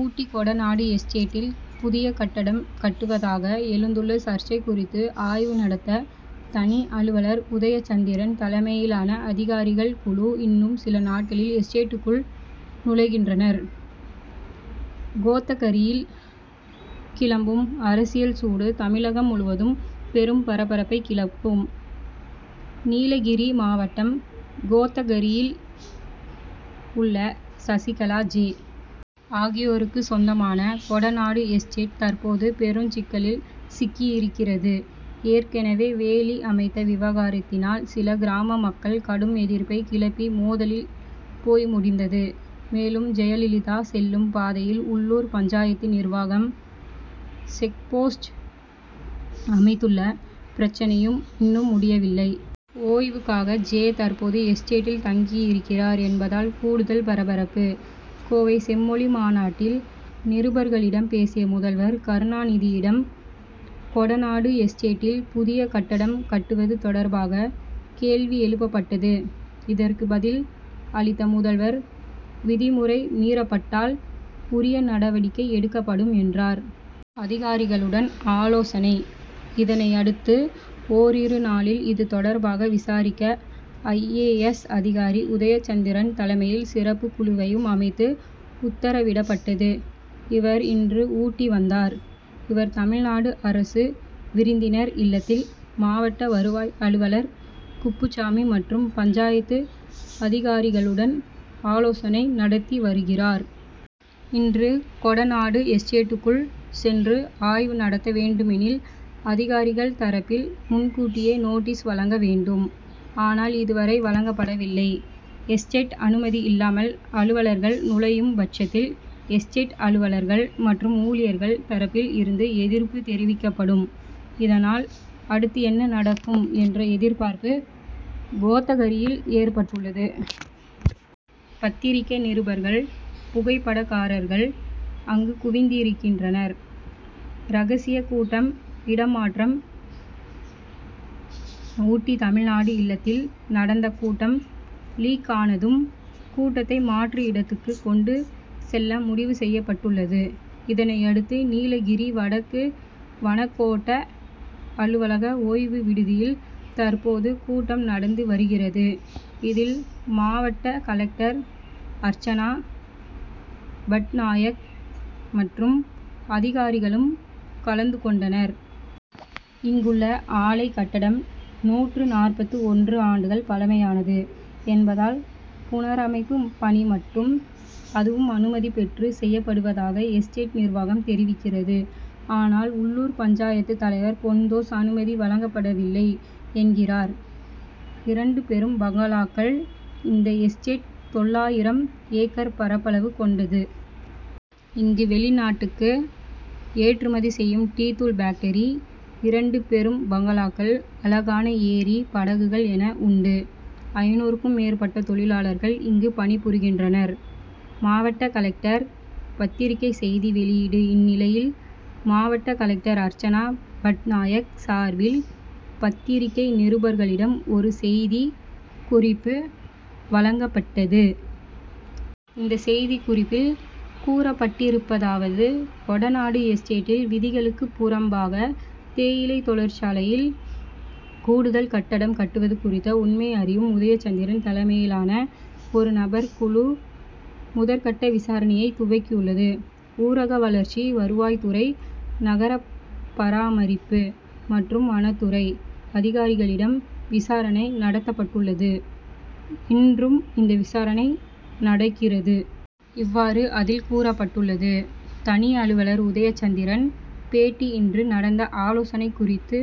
ஊட்டி கொடநாடு எஸ்டேட்டில் புதிய கட்டடம் கட்டுவதாக எழுந்துள்ள சர்ச்சை குறித்து ஆய்வு நடத்த தனி அலுவலர் உதயசந்திரன் தலைமையிலான அதிகாரிகள் குழு இன்னும் சில நாட்களில் எஸ்டேட்டுக்குள் நுழைகின்றனர். கோத்தகரியில் கிளம்பும் அரசியல் சூடு தமிழகம் முழுவதும் பெரும் பரபரப்பை கிளப்பும். நீலகிரி மாவட்டம் கோத்தகரியில் உள்ள சசிகலா, ஜெ., ஆகியோருக்கு சொந்தமான கொடநாடு எஸ்டேட் தற்போது பெரும் சிக்கலில் சிக்கியிருக்கிறது. ஏற்கனவே வேலி அமைத்த விவகாரத்தினால் சில கிராம மக்கள் கடும் எதிர்ப்பை கிளப்பி மோதலில் போய் முடிந்தது. மேலும் ஜெயலலிதா செல்லும் பாதையில் உள்ளூர் பஞ்சாயத்து நிர்வாகம் செக்போஸ்ட் அமைத்துள்ள பிரச்னையும் இன்னும் முடியவில்லை. ஓய்வுக்காக ஜெ., தற்போது எஸ்டேட்டில் தங்கி இருக்கிறார் என்பதால் கூடுதல் பரபரப்பு. கோவை செம்மொழி மாநாட்டில் நிருபர்களிடம் பேசிய முதல்வர் கருணாநிதியிடம் கொடநாடு எஸ்டேட்டில் புதிய கட்டடம் கட்டுவது தொடர்பாக கேள்வி எழுப்பப்பட்டது. இதற்கு பதில் அளித்த முதல்வர் விதிமுறை மீறப்பட்டால் உரிய நடவடிக்கை எடுக்கப்படும் என்றார். அதிகாரிகளுடன் ஆலோசனை இதனையடுத்து ஒரிரு நாளில் இது தொடர்பாக விசாரிக்க ஐ. ஏ. எஸ்., அதிகாரி உதயச்சந்திரன் தலைமையில் சிறப்பு குழுவையும் அமைத்து உத்தரவிடப்பட்டது. இவர் இன்று ஊட்டி வந்தார். இவர் தமிழ்நாடு அரசு விருந்தினர் இல்லத்தில் மாவட்ட வருவாய் அலுவலர் குப்புச்சாமி, மற்றும் பஞ்சாயத்து அதிகாரிகளுடன் ஆலோசனை நடத்தி வருகிறார். இன்று கொட நாடு எஸ்டேட்டுக்குள் சென்று ஆய்வு நடத்த வேண்டுமெனில் அதிகாரிகள் தரப்பில் முன்கூட்டியே நோட்டீஸ் வழங்க வேண்டும். ஆனால் இதுவரை வழங்கப்படவில்லை. எஸ்டேட் அனுமதி இல்லாமல் அலுவலர்கள் நுழையும் பட்சத்தில், எஸ்டேட் அலுவலர்கள் மற்றும் ஊழியர்கள் தரப்பில் இருந்து எதிர்ப்பு தெரிவிக்கப்படும். இதனால் அடுத்து என்ன நடக்கும் என்ற எதிர்பார்ப்பு கோத்தகிரியில் ஏற்பட்டுள்ளது. பத்திரிகை நிருபர்கள், புகைப்படக்காரர்கள் அங்கு குவிந்திருக்கின்றனர். ரகசிய கூட்டம் இடமாற்றம் ஊட்டி தமிழ்நாடு இல்லத்தில் நடந்த கூட்டம் லீக்கானதும், கூட்டத்தை மாற்று இடத்துக்கு கொண்டு செல்ல முடிவு செய்யப்பட்டுள்ளது. இதனையடுத்து நீலகிரி வடக்கு வனக்கோட்ட அலுவலக ஓய்வு விடுதியில் தற்போது கூட்டம் நடந்து வருகிறது. இதில் மாவட்ட கலெக்டர் அர்ச்சனா பட்நாயக் மற்றும் அதிகாரிகளும் கலந்து கொண்டனர். இங்குள்ள ஆலை கட்டடம் நூற்று நாற்பத்து ஒன்று ஆண்டுகள் பழமையானது என்பதால் புனரமைப்பு பணி மட்டும் அதுவும் அனுமதி பெற்று செய்யப்படுவதாக எஸ்டேட் நிர்வாகம் தெரிவிக்கிறது. ஆனால் உள்ளூர் பஞ்சாயத்து தலைவர் பொன்தோஸ் அனுமதி வழங்கப்படவில்லை என்கிறார். இரண்டு பெரும் பங்களாக்கள் இந்த எஸ்டேட் தொள்ளாயிரம் ஏக்கர் பரப்பளவு கொண்டது. இங்கு வெளிநாட்டுக்கு ஏற்றுமதி செய்யும் டீ தூள் பேக்டரி, இரண்டு பெரும் பங்களாக்கள், அழகான ஏரி, படகுகள் என உண்டு. ஐந்நூறு க்கும் மேற்பட்ட தொழிலாளர்கள் இங்கு பணிபுரிகின்றனர். மாவட்ட கலெக்டர் பத்திரிகை செய்தி வெளியீடு இந்நிலையில் மாவட்ட கலெக்டர் அர்ச்சனா பட்நாயக் சார்பில் பத்திரிகை நிருபர்களிடம் ஒரு செய்தி குறிப்பு வழங்கப்பட்டது. இந்த செய்திக்குறிப்பில் கூறப்பட்டிருப்பதாவது கொடநாடு எஸ்டேட்டில் விதிகளுக்கு புறம்பாக தேயிலை தொழிற்சாலையில் கூடுதல் கட்டடம் கட்டுவது குறித்த உண்மை அறியும் உதயச்சந்திரன் தலைமையிலான ஒரு நபர் குழு முதற்கட்ட விசாரணையை துவக்கியுள்ளது. ஊரகவளர்ச்சி, வருவாய்துறை, நகரபராமரிப்பு, மற்றும் வனத்துறை அதிகாரிகளிடம் விசாரணை நடத்தப்பட்டுள்ளது. இன்றும் இந்த விசாரணை நடக்கிறது. இவ்வாறு அதில் கூறப்பட்டுள்ளது. தனி அலுவலர் உதயச்சந்திரன் பேட்டி இன்று நடந்த ஆலோசனை குறித்து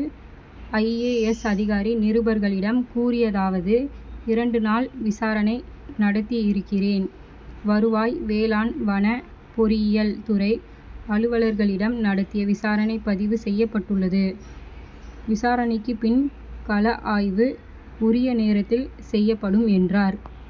ஐ. ஏ. எஸ், அதிகாரி நிருபர்களிடம் கூறியதாவது இரண்டு நாள் விசாரணை நடத்தியிருக்கிறேன். வருவாய், வேளாண், வன, பொறியியல் துறை அலுவலர்களிடம் நடத்திய விசாரணை பதிவு செய்யப்பட்டுள்ளது. விசாரணைக்கு பின் கள ஆய்வு, உரிய நேரத்தில் செய்யப்படும் என்றார்.